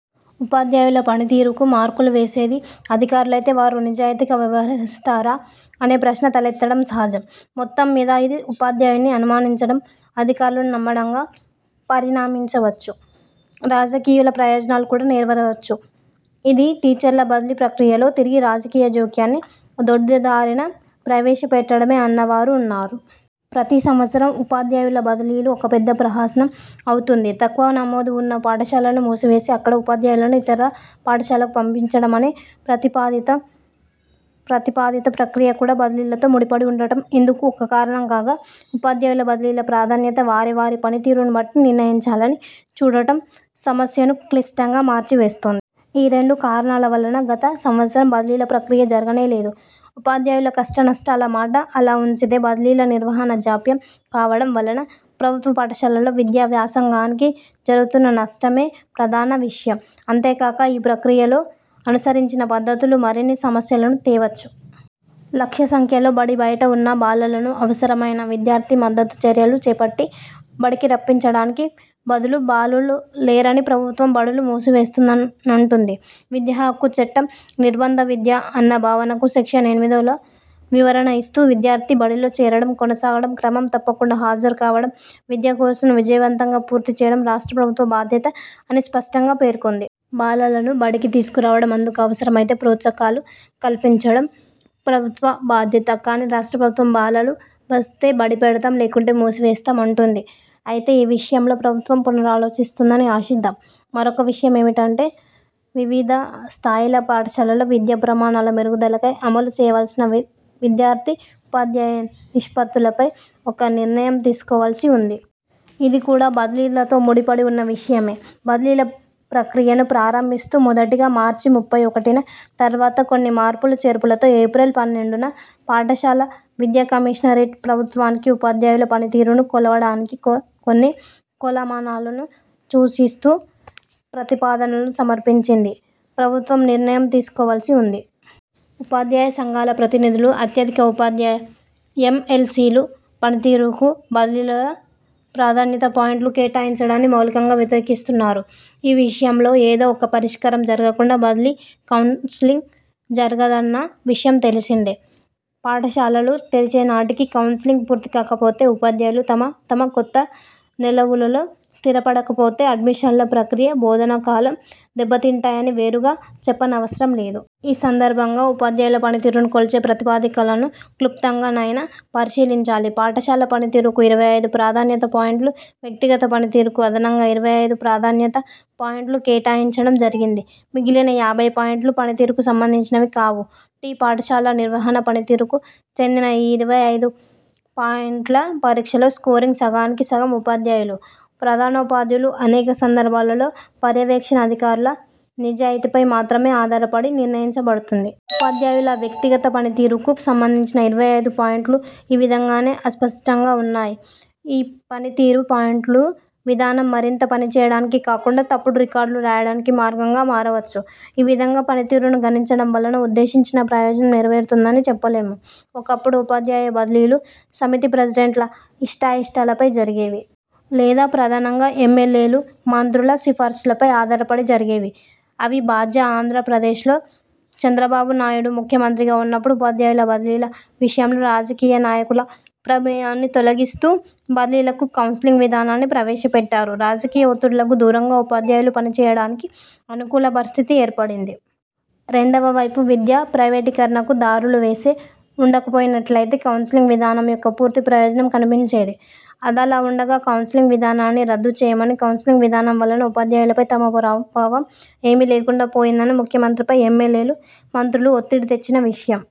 ఉపాధ్యాయుల పనితీరుకు మార్కులు వేసేది అధికారులైతే వారు నిజాయితీగా వ్యవహరిస్తారా అనే ప్రశ్న తలెత్తడం సహజం. మొత్తం మీద ఇది ఉపాధ్యాయుడ్ని అనుమానించడం, అధికారులను నమ్మడంగా పరిణమించవచ్చు. రాజకీయుల ప్రయోజనాలు కూడా నెరవేరవచ్చు. ఇది టీచర్ల బదిలీ ప్రక్రియలో తిరిగి రాజకీయ జోక్యాన్ని దొడ్డిదారిన ప్రవేశపెట్టడమే అన్నవారూ ఉన్నారు. ప్రతి సంవత్సరం ఉపాధ్యాయుల బదిలీలు ఒక పెద్ద ప్రహసనం అవుతుంది. తక్కువ నమోదు ఉన్న పాఠశాలలను మూసివేసి అక్కడ ఉపాధ్యాయులను ఇతర పాఠశాలలకు పంపించడం అనే ప్రతిపాదిత ప్రక్రియ కూడా బదిలీలతో ముడిపడి ఉండడం ఇందుకు ఒక కారణం కాగా ఉపాధ్యాయుల బదిలీల ప్రాధాన్యత వారి వారి పనితీరును బట్టి నిర్ణయించాలని చూడడం సమస్యను క్లిష్టంగా మార్చివేస్తూంది. ఈ రెండు కారణాల వలన గత సంవత్సరం బదిలీల ప్రక్రియ జరగనేలేదు. ఉపాధ్యాయుల కష్టనష్టాల మాట అలా ఉంచితే బదిలీల నిర్వహణ జాప్యం కావడం వలన ప్రభుత్వ పాఠశాలలలో విద్యా వ్యాసాంగానికి జరుగుత్ను నష్టమే ప్రధాన విషయం. అంతేకాక, ఈ ప్రక్రియలో అనుసరించిన పద్ధతులు మరిన్ని సమస్యలను తేవచ్చు. లక్షల సంఖ్యలో బడి బయట ఉన్న బాలలను అవసరమైన విద్యార్థి మద్దతు చర్యలు చేపట్టి బడికి రప్పించడానికి బదులు బాలలు లేరని ప్రభుత్వం బడులు మూసివేస్తానంటుంది. 'విద్యాహక్కు చట్టం' నిర్బంధ విద్య అన్న భావనకు సెక్షన్ ఎనిమిదిలో వివరణ ఇస్తూ 'విద్యార్థి బడిలో చేరడం, కొనసాగడం, క్రమం తప్పకుండా హాజరు కావడం, విద్యా కోర్సును విజయవంతంగా పూర్తి చేయడం రాష్ట్ర ప్రభుత్వ బాధ్యత' అని స్పష్టంగా పేర్కొంది. బాలలను బడికి తీసుకురావడం, అందుకు అవసరమైతే ప్రోత్సకాలు కల్పించడం ప్రభుత్వ బాధ్యత. కాని, రాష్ట్ర ప్రభుత్వం బాలలు వస్తే బడిపెడతాం లేకుంటే మూసివేస్తాం అంటుంది. అయితే ఈ విషయంలో ప్రభుత్వం పునరాలోచిస్తుందని ఆశిద్దాం. మరొక విషయమేమంటే వివిధ స్థాయిల పాఠశాలలలో విద్యా ప్రమాణాల మెరుగుదలకై అమలు చేయవలసిన విద్యార్థి, ఉపాధ్యాయ నిష్పత్తులపై ఒక నిర్ణయం తీసుకోవలసి ఉంది. ఇది కూడా బదిలీలతో ముడిపడి ఉన్న విషయమే. బదిలీల ప్రక్రియను ప్రారంభిస్తూ మొదటిగా మార్చి ముప్పై ఒకటిన, తరువాత కొన్ని మార్పులు చేర్పులతో ఏప్రిల్ పన్నెండున పాఠశాల విద్యా కమీషనరేటు ప్రభుత్వానికి ఉపాధ్యాయుల పనితీరును కొలవడానికి కొన్ని కొలమానాలను చూచిస్తూ ప్రతిపాదనలను సమర్పించింది. ప్రభుత్వం నిర్ణయం తీసుకోవలసి ఉంది. ఉపాధ్యాయ సంఘాల ప్రతినిధులు, అత్యధిక ఉపాధ్యాయ యం. యల్. సి లు పనితీరుకు బదిలీల ప్రాధాన్యతా పాయింట్లు కేటాయించడాన్ని మౌలికంగా వ్యతిరేకిస్తూన్నారు. ఈ విషయంలో ఏదో ఒక పరిష్కారం జరగకుండా బదిలీ కౌన్సిలింగు జరగదన్న విషయం తెలిసిందే. పాఠశాలలు తెరిచేనాటికి కౌన్సిలింగు పూర్తికాకపోతే, ఉపాధ్యాయులు తమ తమ కొత్త నెలవులలో స్థిరపడకపోతే అడ్మిషన్ల ప్రక్రియ, బోధనాకాలం దెబ్బతింటాయని వేరుగా చెప్పనవసరంలేదు. ఈ సందర్భంగా ఉపాధ్యాయుల పనితీరును కొలిచే ప్రాతిపదికలను క్లుప్తంగానైనా పరిశీలించాలి. పాఠశాల పనితీరుకు ఇరవై ఐదు ప్రాధాన్యతా పాయింట్లు, వ్యక్తిగత పనితీరుకు అదనంగా ఇరవై ఐదు ప్రాధాన్యతా పాయింట్లు కేటాయించడం జరిగింది. మిగిలిన యాభై పాయింట్లు పనితీరుకు సంబంధించినవి కావు. టి. పాఠశాల నిర్వహణ పనితీరుకు చెందిన ఈ ఇరవై ఐదు పాయింట్ల పరీక్షలో స్కోరింగ్ సగానికి సగం ఉపాధ్యాయులు, ప్రధానోపాధ్యాయులు, అనేక సందర్భాలలో పర్యవేక్షణాధికారుల నిజాయితీపై మాత్రమే ఆధారపడి నిర్ణయించబడుతుంది. ఉపాధ్యాయుల వ్యక్తిగత పనితీరుకు సంబంధించిన ఇరవై ఐదు పాయింట్లు ఈ విధంగానే అస్పష్టంగా ఉన్నాయి. ఈ పనితీరు పాయింట్లు విధానం మరింత పనిచేయడానికి కాకుండా తప్పుడు రికార్డులు రాయడానికి మార్గంగా మారవచ్చు. ఈ విధంగా పనితీరును గణించడం వలన ఉద్దేశించిన ప్రయోజనం నెరవేరుతుందని చెప్పలేము. ఒకప్పుడు ఉపాధ్యాయ బదిలీలు సమితి ప్రెసిడెంట్ల ఇష్టాయిష్టాలపై జరిగేవి. లేదా ప్రధానంగా యం. యల్. ఎలు, మంత్రుల సిఫారసులపై ఆధారపడి జరిగేవి. అవిభాజ్య ఆంధ్ర ప్రదేశ్లో చంద్రబాబు నాయుడు ముఖ్య మంత్రిగా ఉన్నప్పుడు ఉపాధ్యాయుల బదిలీల విషయంలో రాజకీయ నాయకుల ప్రమేయాన్ని తొలగిస్తూ బదిలీలకు కౌన్సిలింగ్ విధానాన్ని ప్రవేశపెట్టారు. రాజకీయ ఒత్తిడులకు దూరంగా ఉపాధ్యాయులు పనిచేయడానికి అనుకూల పరిస్థితి ఏర్పడింది. రెండవ వైపు విద్య ప్రైవేటీకరణకు దారులువేసి ఉండకపోయినట్లైతే కౌన్సిలింగు విధానం యొక్క పూర్తి ప్రయోజనం కనిపించేది. అదలా ఉండగా కౌన్సిలింగు విధానాన్ని రద్దుచేయమని, కౌన్సిలింగు విధానం వలన ఉపాధ్యాయులపై తమ ప్రభావం ఏమీ లేకుండా పోయిందని ముఖ్యమంత్రిపై యం. యల్. ఎలు, మంత్రులు ఒత్తిడి తెచ్చిన విషయం